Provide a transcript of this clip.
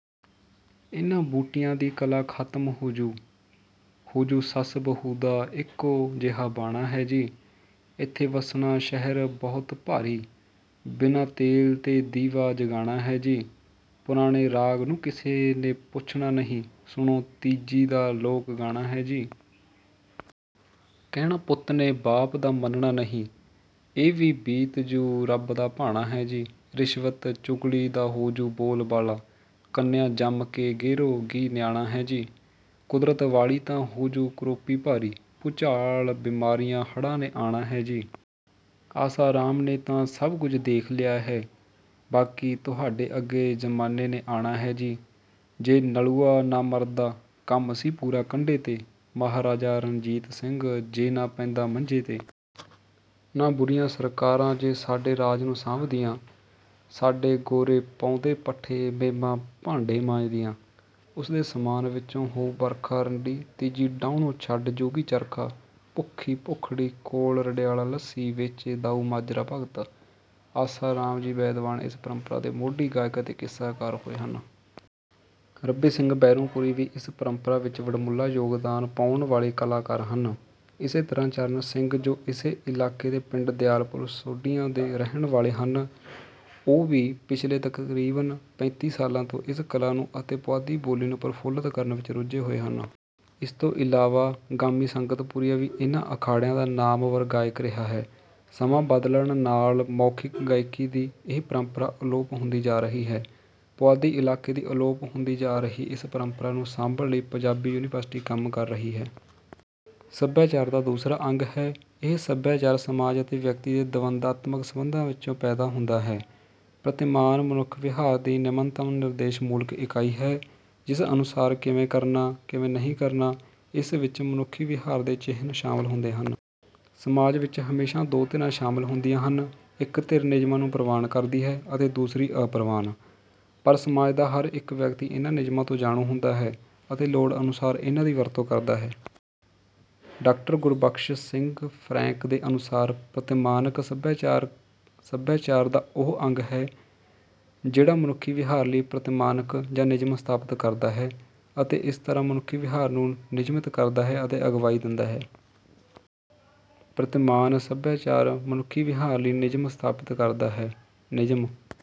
ਇਨ੍ਹਾਂ ਬੂਟੀਆਂ ਦੀ ਕਲਾ ਖਤਮ ਹੋਜੂ ਹੋਜੂ ਸੱਸ ਬਹੂ ਦਾ ਇੱਕੋ ਜਿਹਾ ਬਾਣਾ ਹੈ ਜੀ। ਇੱਥੇ ਵਸਣਾ ਸ਼ਹਿਰ ਬਹੁਤ ਭਾਰੀ ਬਿਨਾਂ ਤੇਲ ਤੇ ਦੀਵਾ ਜਗਾਣਾ ਹੈ ਜੀ। ਪੁਰਾਣੇ ਰਾਗ ਨੂੰ ਕਿਸੇ ਨੇ ਪੁੱਛਣਾ ਨਹੀਂ ਸੁਣੋ ਤੀਜੀ ਦਾ ਲੋਕ ਗਾਣਾ ਹੈ ਜੀ। ਕਹਿਣਾ ਪੁੱਤ ਨੇ ਬਾਪ ਦਾ ਮੰਨਣਾ ਨਹੀਂ ਇਹ ਵੀ ਬੀਤ ਜੂ ਰੱਬ ਦਾ ਭਾਣਾ ਹੈ ਜੀ। ਰਿਸ਼ਵਤ ਚੁਗਲੀ ਦਾ ਹੋਜੂ ਬੋਲ ਬਾਲਾ ਕੰਨਿਆ ਜੰਮ ਕੇ ਗੇਰੋ ਗੀ ਨਿਆਣਾ ਹੈ ਜੀ। ਕੁਦਰਤ ਵਾਲੀ ਤਾਂ ਹੋਜੂ ਕਰੋਪੀ ਭਾਰੀ ਭੁਚਾਲ ਬਿਮਾਰੀਆਂ ਹੜਾਂ ਨੇ ਆਣਾ ਹੈ ਜੀ। ਆਸਾ ਰਾਮ ਨੇ ਤਾਂ ਸਭ ਕੁਝ ਦੇਖ ਲਿਆ ਹੈ ਬਾਕੀ ਤੁਹਾਡੇ ਅੱਗੇ ਜਮਾਨੇ ਨੇ ਆਣਾ ਹੈ ਜੀ। ਜੇ ਨਲੂਆ ਨਾ ਮਰਦਾ ਕੰਮ ਸੀ ਪੂਰਾ ਕੰਢੇ ਤੇ। ਮਹਾਰਾਜਾ ਰਣਜੀਤ ਸਿੰਘ ਜੇ ਨਾ ਪੈਂਦਾ ਮੰਜੇ ਤੇ। ਨਾ ਬੁਰੀਆਂ ਸਰਕਾਰਾਂ ਜੇ ਸਾਡੇ ਰਾਜ ਨੂੰ ਸਾਂਭਦੀਆਂ। ਸਾਡੇ ਗੋਰੇ ਪਾਉਂਦੇ ਪੱਠੇ ਮੇਮਾਂ ਭਾਂਡੇ ਮਾਂਜਦੀਆਂ। ਉਸ ਦੇ ਸਮਾਨ ਵਿੱਚੋਂ ਹੋਊ ਬਰਖਾ ਰੰਡੀ ਤੀਜੀ ਡਾਹੁਣੋਂ ਛੱਡ ਜੂ ਗੀ ਚਰਖਾ ਭੁੱਖੀ ਭੁਖੜੀ ਕੋਲ ਰਡਿਆਲਾ ਲੱਸੀ ਵੇਚੇ ਦਾਊ ਮਾਜਰਾ ਭਗਤ ਆਸਾ ਰਾਮ ਜੀ ਬੈਦਵਾਣ ਇਸ ਪਰੰਪਰਾ ਦੇ ਮੋਢੀ ਗਾਇਕ ਅਤੇ ਕਿੱਸਾਕਾਰ ਹੋਏ ਹਨ। ਰੱਬੀ ਸਿੰਘ ਬੈਂਰੋਂਪੁਰੀ ਵੀ ਇਸ ਪਰੰਪਰਾ ਵਿੱਚ ਵਡਮੁੱਲਾ ਯੋਗਦਾਨ ਪਾਉਣ ਵਾਲੇ ਕਲਾਕਾਰ ਹਨ। ਇਸੇ ਤਰ੍ਹਾਂ ਚਰਨ ਸਿੰਘ ਜੋ ਇਸੇ ਇਲਾਕੇ ਦੇ ਪਿੰਡ ਦਿਆਲਪੁਰ ਸੋਢੀਆਂ ਦੇ ਰਹਿਣ ਵਾਲੇ ਹਨ ਉਹ ਵੀ ਪਿਛਲੇ ਤਕਰੀਬਨ ਪੈਂਤੀ ਸਾਲਾਂ ਤੋਂ ਇਸ ਕਲਾ ਨੂੰ ਅਤੇ ਪੁਆਧੀ ਬੋਲੀ ਨੂੰ ਪ੍ਰਫੁੱਲਤ ਕਰਨ ਵਿੱਚ ਰੁਝੇ ਹੋਏ ਹਨ। ਇਸ ਤੋਂ ਇਲਾਵਾ ਗਾਮੀ ਸੰਗਤਪੁਰੀਆ ਵੀ ਇਹਨਾਂ ਅਖਾੜਿਆਂ ਦਾ ਨਾਮਵਰ ਗਾਇਕ ਰਿਹਾ ਹੈ। ਸਮਾਂ ਬਦਲਣ ਨਾਲ ਮੌਖਿਕ ਗਾਇਕੀ ਦੀ ਇਹ ਪਰੰਪਰਾ ਅਲੋਪ ਹੁੰਦੀ ਜਾ ਰਹੀ ਹੈ। ਪੁਆਧੀ ਇਲਾਕੇ ਦੀ ਅਲੋਪ ਹੁੰਦੀ ਜਾ ਰਹੀ ਇਸ ਪਰੰਪਰਾ ਨੂੰ ਸਾਂਭਣ ਲਈ ਪੰਜਾਬੀ ਯੂਨੀਵਰਸਿਟੀ ਕੰਮ ਕਰ ਰਹੀ ਹੈ। ਸਭਿਆਚਾਰ ਦਾ ਦੂਸਰਾ ਅੰਗ ਹੈ। ਇਹ ਸਭਿਆਚਾਰ ਸਮਾਜ ਅਤੇ ਵਿਅਕਤੀ ਦੇ ਦਵੰਦਾਤਮਕ ਸੰਬੰਧਾਂ ਵਿੱਚੋਂ ਪੈਦਾ ਹੁੰਦਾ ਹੈ। ਪ੍ਰਤਿਮਾਨ ਮਨੁੱਖੀ ਵਿਹਾਰ ਦੀ ਨਿਮਨਤਮ ਨਿਰਦੇਸ਼ਮੂਲਕ ਇਕਾਈ ਹੈ ਜਿਸ ਅਨੁਸਾਰ ਕਿਵੇਂ ਕਰਨਾ ਕਿਵੇਂ ਨਹੀਂ ਕਰਨਾ। ਇਸ ਵਿੱਚ ਮਨੁੱਖੀ ਵਿਹਾਰ ਦੇ ਚਿਹਨ ਸ਼ਾਮਲ ਹੁੰਦੇ ਹਨ। ਸਮਾਜ ਵਿੱਚ ਹਮੇਸ਼ਾ ਦੋ ਧਿਰਾਂ ਸ਼ਾਮਲ ਹੁੰਦੀਆਂ ਹਨ ਇੱਕ ਧਿਰ ਨਿਯਮਾਂ ਨੂੰ ਪਰਵਾਨ ਕਰਦੀ ਹੈ ਅਤੇ ਦੂਸਰੀ ਅਪਰਵਾਨ। ਪਰ ਸਮਾਜ ਦਾ ਹਰ ਇੱਕ ਵਿਅਕਤੀ ਇਨ੍ਹਾਂ ਨਿਯਮਾਂ ਤੋਂ ਜਾਣੂ ਹੁੰਦਾ ਹੈ ਅਤੇ ਲੋੜ ਅਨੁਸਾਰ ਇਨ੍ਹਾਂ ਦੀ ਵਰਤੋਂ ਕਰਦਾ ਹੈ। ਡਾਕਟਰ ਗੁਰਬਖਸ਼ ਸਿੰਘ ਫਰੈਂਕ ਦੇ ਅਨੁਸਾਰ ਪ੍ਰਤਿਮਾਨਿਕ ਸਭਿਆਚਾਰ ਸਭਿਆਚਾਰ ਦਾ ਉਹ ਅੰਗ ਹੈ ਜਿਹੜਾ ਮਨੁੱਖੀ ਵਿਹਾਰ ਲਈ ਪ੍ਰਤਿਮਾਨਿਕ ਜਾਂ ਨਿਯਮ ਸਥਾਪਤ ਕਰਦਾ ਹੈ ਅਤੇ ਇਸ ਤਰ੍ਹਾਂ ਮਨੁੱਖੀ ਵਿਹਾਰ ਨੂੰ ਨਿਯਮਿਤ ਕਰਦਾ ਹੈ ਅਤੇ ਅਗਵਾਈ ਦਿੰਦਾ ਹੈ। ਪ੍ਰਤਿਮਾਨ ਸਭਿਆਚਾਰ ਮਨੁੱਖੀ ਵਿਹਾਰ ਲਈ ਨਿਯਮ ਸਥਾਪਤ ਕਰਦਾ ਹੈ। ਨਿਯਮ